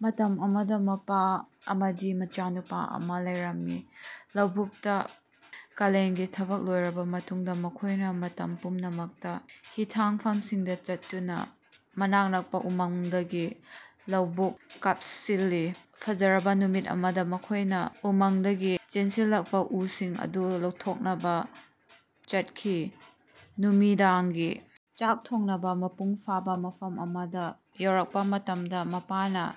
ꯃꯇꯝ ꯑꯃꯗꯥ ꯃꯄꯥ ꯑꯃꯗꯤ ꯃꯆꯥꯅꯨꯄꯥ ꯑꯃꯥ ꯂꯩꯔꯝꯃꯤ꯫ ꯂꯧꯕꯨꯛꯇꯥ ꯀꯥꯂꯦꯟꯒꯤ ꯊꯕꯛ ꯂꯣꯏꯔꯕꯥ ꯃꯇꯨꯡꯗꯥ ꯃꯈꯣꯏꯅꯥ ꯃꯇꯝ ꯄꯨꯝꯅꯃꯛꯇꯥ ꯍꯤꯊꯥꯡꯐꯝꯁꯤꯡꯗꯥ ꯆꯠꯇꯨꯅꯥ ꯃꯅꯥꯛ ꯅꯛꯄꯥ ꯎꯃꯪꯗꯒꯤ ꯂꯧꯕꯨꯛ ꯀꯥꯞꯁꯤꯜꯂꯤ꯫ ꯐꯖꯔꯕꯥ ꯅꯨꯃꯤꯠ ꯑꯃꯗꯥ ꯃꯈꯣꯏꯅꯥ ꯎꯃꯪꯗꯒꯤ ꯆꯦꯟꯁꯤꯜꯂꯛꯄꯥ ꯎꯁꯤꯡ ꯑꯗꯨ ꯂꯧꯊꯣꯛꯅꯕꯥ ꯆꯠꯈꯤ꯫ ꯅꯨꯃꯤꯗꯥꯡꯒꯤ ꯆꯥꯛ ꯊꯣꯡꯅꯕꯥ ꯃꯄꯨꯡ ꯐꯥꯕꯥ ꯃꯐꯝ ꯑꯃꯗꯥ ꯌꯧꯔꯛꯄꯥ ꯃꯇꯝꯗꯥ ꯃꯄꯥꯅꯥ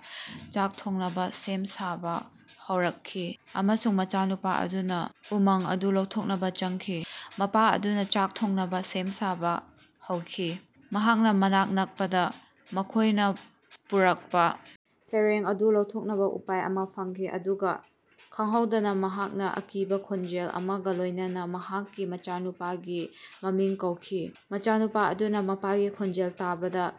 ꯆꯥꯛ ꯊꯣꯡꯅꯕꯥ ꯁꯦꯝ ꯁꯥꯕꯥ ꯍꯧꯔꯛꯈꯤ ꯑꯃꯁꯨꯡ ꯃꯆꯥꯅꯨꯄꯥ ꯑꯗꯨꯅꯥ ꯎꯃꯪ ꯑꯗꯨ ꯂꯧꯊꯣꯛꯅꯕꯥ ꯆꯪꯈꯤ꯫ ꯃꯄꯥ ꯑꯗꯨꯅꯥ ꯆꯥꯛ ꯊꯣꯡꯅꯕꯥ ꯁꯦꯝ ꯁꯥꯕꯥ ꯍꯧꯈꯤ꯫ ꯃꯍꯥꯛꯅꯥ ꯃꯅꯥꯛ ꯅꯛꯄꯗꯥ ꯃꯈꯣꯏꯅꯥ ꯄꯨꯔꯛꯄꯥ ꯁꯥꯔꯦꯡ ꯑꯗꯨ ꯂꯧꯊꯣꯛꯅꯕꯥ ꯎꯄꯥꯢ ꯑꯃꯥ ꯐꯪꯈꯤ ꯑꯗꯨꯒꯥ ꯈꯪꯍꯧꯗꯅꯥ ꯃꯍꯥꯛꯅꯥ ꯑꯀꯤꯕꯥ ꯈꯣꯟꯖꯦꯜ ꯑꯃꯒꯥ ꯂꯣꯏꯅꯅꯥ ꯃꯍꯥꯛꯀꯤ ꯃꯆꯥꯅꯨꯄꯥꯒꯤ ꯃꯃꯤꯡ ꯀꯧꯈꯤ꯫ ꯃꯆꯥꯅꯨꯄꯥ ꯑꯗꯨꯅꯥ ꯃꯄꯥꯒꯤ ꯈꯣꯟꯖꯦꯜ ꯇꯥꯕꯗꯥ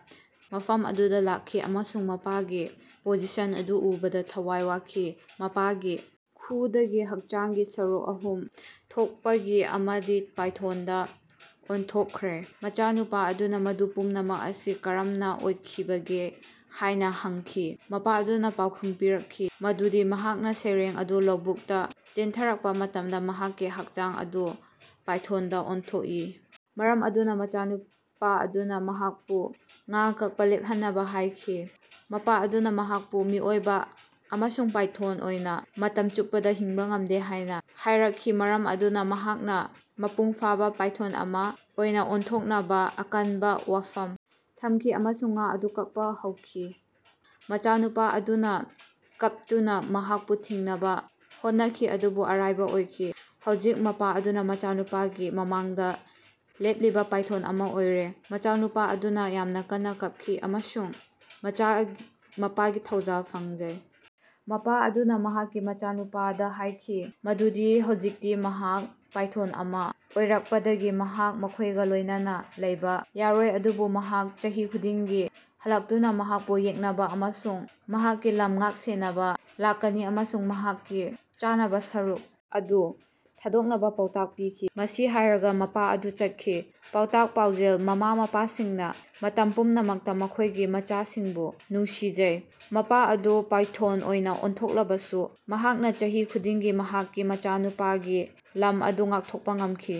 ꯃꯐꯝ ꯑꯗꯨꯗꯥ ꯂꯥꯛꯈꯤ ꯑꯃꯁꯨꯡ ꯃꯄꯥꯒꯤ ꯄꯣꯖꯤꯁꯟ ꯑꯗꯨ ꯎꯕꯗꯥ ꯊꯋꯥꯏ ꯋꯥꯈꯤ꯫ ꯃꯄꯥꯒꯤ ꯈꯨꯎꯗꯒꯤ ꯍꯛꯆꯥꯡꯒꯤ ꯁꯔꯨꯛ ꯑꯍꯨꯝ ꯊꯣꯛꯄꯒꯤ ꯑꯃꯗꯤ ꯄꯥꯏꯊꯣꯡꯗꯥ ꯑꯣꯟꯊꯣꯛꯈ꯭ꯔꯦ꯫ ꯃꯆꯥꯅꯨꯄꯥ ꯑꯗꯨꯅꯥ ꯃꯗꯨ ꯄꯨꯝꯅꯃꯛ ꯑꯁꯤ ꯀꯔꯝꯅꯥ ꯑꯣꯏꯈꯤꯕꯒꯦ ꯍꯥꯏꯅꯥ ꯍꯪꯈꯤ꯫ ꯃꯄꯥ ꯑꯗꯨꯅꯥ ꯄꯥꯎꯈꯨꯝ ꯄꯤꯔꯛꯈꯤ ꯃꯗꯨꯗꯤ ꯃꯍꯥꯛꯅꯥ ꯁꯥꯔꯦꯡ ꯑꯗꯨ ꯂꯧꯕꯨꯛꯇꯥ ꯆꯦꯟꯊꯔꯛꯄꯥ ꯃꯇꯝꯗꯥ ꯃꯍꯥꯛꯀꯤ ꯍꯛꯆꯥꯡ ꯑꯗꯨ ꯄꯥꯏꯊꯣꯟꯗꯥ ꯑꯣꯟꯊꯣꯛꯏ ꯃꯔꯝ ꯑꯗꯨꯅꯥ ꯃꯆꯥꯅꯨꯄꯥ ꯑꯗꯨꯅꯥ ꯃꯍꯥꯛꯄꯨ ꯉꯥ ꯀꯛꯄꯥ ꯂꯦꯞꯍꯟꯅꯕꯥ ꯍꯥꯏꯈꯤ꯫ ꯃꯄꯥ ꯑꯗꯨꯅꯥ ꯃꯍꯥꯛꯄꯨ ꯃꯤꯑꯣꯏꯕꯥ ꯑꯃꯁꯨꯡ ꯄꯥꯏꯊꯣꯟ ꯑꯣꯏꯅꯥ ꯃꯇꯝ ꯆꯨꯞꯄꯗꯥ ꯍꯤꯡꯕꯥ ꯉꯝꯗꯦ ꯍꯥꯏꯅꯥ ꯍꯥꯏꯔꯛꯈꯤ ꯃꯔꯝ ꯑꯗꯨꯅꯥ ꯃꯍꯥꯛꯅꯥ ꯃꯄꯨꯡ ꯐꯥꯕꯥ ꯄꯥꯏꯊꯣꯟ ꯑꯃꯥ ꯑꯣꯏꯅꯥ ꯑꯣꯟꯊꯣꯛꯅꯕꯥ ꯑꯀꯟꯕꯥ ꯋꯥꯐꯝ ꯊꯝꯈꯤ ꯑꯃꯁꯨꯡ ꯉꯥ ꯑꯗꯨ ꯀꯛꯄꯥ ꯍꯧꯈꯤ꯫ ꯃꯆꯥꯅꯨꯄꯥ ꯑꯗꯨꯅꯥ ꯀꯞꯇꯨꯅꯥ ꯃꯍꯥꯛꯄꯨ ꯊꯤꯡꯅꯕꯥ ꯍꯣꯠꯅꯈꯤ ꯑꯗꯨꯕꯨ ꯑꯔꯥꯏꯕꯥ ꯑꯣꯏꯈꯤ꯫ ꯍꯧꯖꯤꯛ ꯃꯄꯥ ꯑꯗꯨꯅꯥ ꯃꯆꯥꯅꯨꯄꯥꯒꯤ ꯃꯃꯥꯡꯗꯥ ꯂꯦꯞꯂꯤꯕꯥ ꯄꯥꯏꯊꯣꯟ ꯑꯃꯥ ꯑꯣꯏꯔꯦ꯫ ꯃꯆꯥꯅꯨꯄꯥ ꯑꯗꯨꯅꯥ ꯌꯥꯝꯅꯥ ꯀꯟꯅꯥ ꯀꯞꯈꯤ ꯑꯃꯁꯨꯡ ꯃꯄꯥꯒꯤ ꯊꯧꯖꯥꯜ ꯐꯪꯖꯩ꯫ ꯃꯄꯥ ꯑꯗꯨꯅꯥ ꯃꯍꯥꯛꯀꯤ ꯃꯆꯥꯅꯨꯄꯥꯗꯥ ꯍꯥꯏꯈꯤ ꯃꯗꯨꯗꯤ ꯍꯧꯖꯤꯛꯇꯤ ꯃꯍꯥꯛ ꯄꯥꯏꯊꯣꯟ ꯑꯃꯥ ꯑꯣꯏꯔꯛꯄꯗꯒꯤ ꯃꯍꯥꯛ ꯃꯈꯣꯏꯒꯥ ꯂꯣꯏꯅꯅꯥ ꯂꯩꯕꯥ ꯌꯥꯔꯣꯏ ꯑꯗꯨꯕꯨ ꯃꯍꯥꯛ ꯆꯍꯤ ꯈꯨꯗꯤꯡꯒꯤ ꯍꯜꯂꯛꯇꯨꯅꯥ ꯃꯍꯥꯛꯄꯨ ꯌꯦꯛꯅꯕꯥ ꯑꯃꯁꯨꯡ ꯃꯍꯥꯛꯀꯤ ꯂꯝ ꯉꯥꯛ ꯁꯦꯟꯅꯕꯥ ꯂꯥꯛꯀꯅꯤ ꯑꯃꯁꯨꯡ ꯃꯍꯥꯛꯀꯤ ꯆꯥꯅꯕꯥ ꯁꯔꯨꯛ ꯑꯗꯨ ꯊꯥꯗꯣꯛꯅꯕꯥ ꯄꯥꯎꯇꯥꯛ ꯄꯤꯈꯤ꯫ ꯃꯁꯤ ꯍꯥꯏꯔꯒꯥ ꯃꯄꯥ ꯑꯗꯨ ꯆꯠꯈꯤ꯫ ꯄꯥꯎꯇꯥꯛ ꯄꯥꯎꯖꯦꯜ ꯃꯃꯥ ꯃꯄꯥꯁꯤꯡꯅꯥ ꯃꯇꯝ ꯄꯨꯝꯅꯃꯛꯇꯥ ꯃꯈꯣꯏꯒꯤ ꯃꯆꯥꯁꯤꯡꯕꯨ ꯅꯨꯡꯁꯤꯖꯩ꯫ ꯃꯄꯥ ꯑꯗꯨ ꯄꯥꯏꯊꯣꯟ ꯑꯣꯏꯅꯥ ꯑꯣꯟꯊꯣꯛꯂꯕꯁꯨ ꯃꯍꯥꯛꯅꯥ ꯆꯍꯤ ꯈꯨꯗꯤꯡꯒꯤ ꯃꯍꯥꯛꯀꯤ ꯃꯆꯥꯅꯨꯄꯥꯒꯤ ꯂꯝ ꯑꯗꯨ ꯉꯥꯛꯊꯣꯛꯄꯥ ꯉꯝꯈꯤ꯫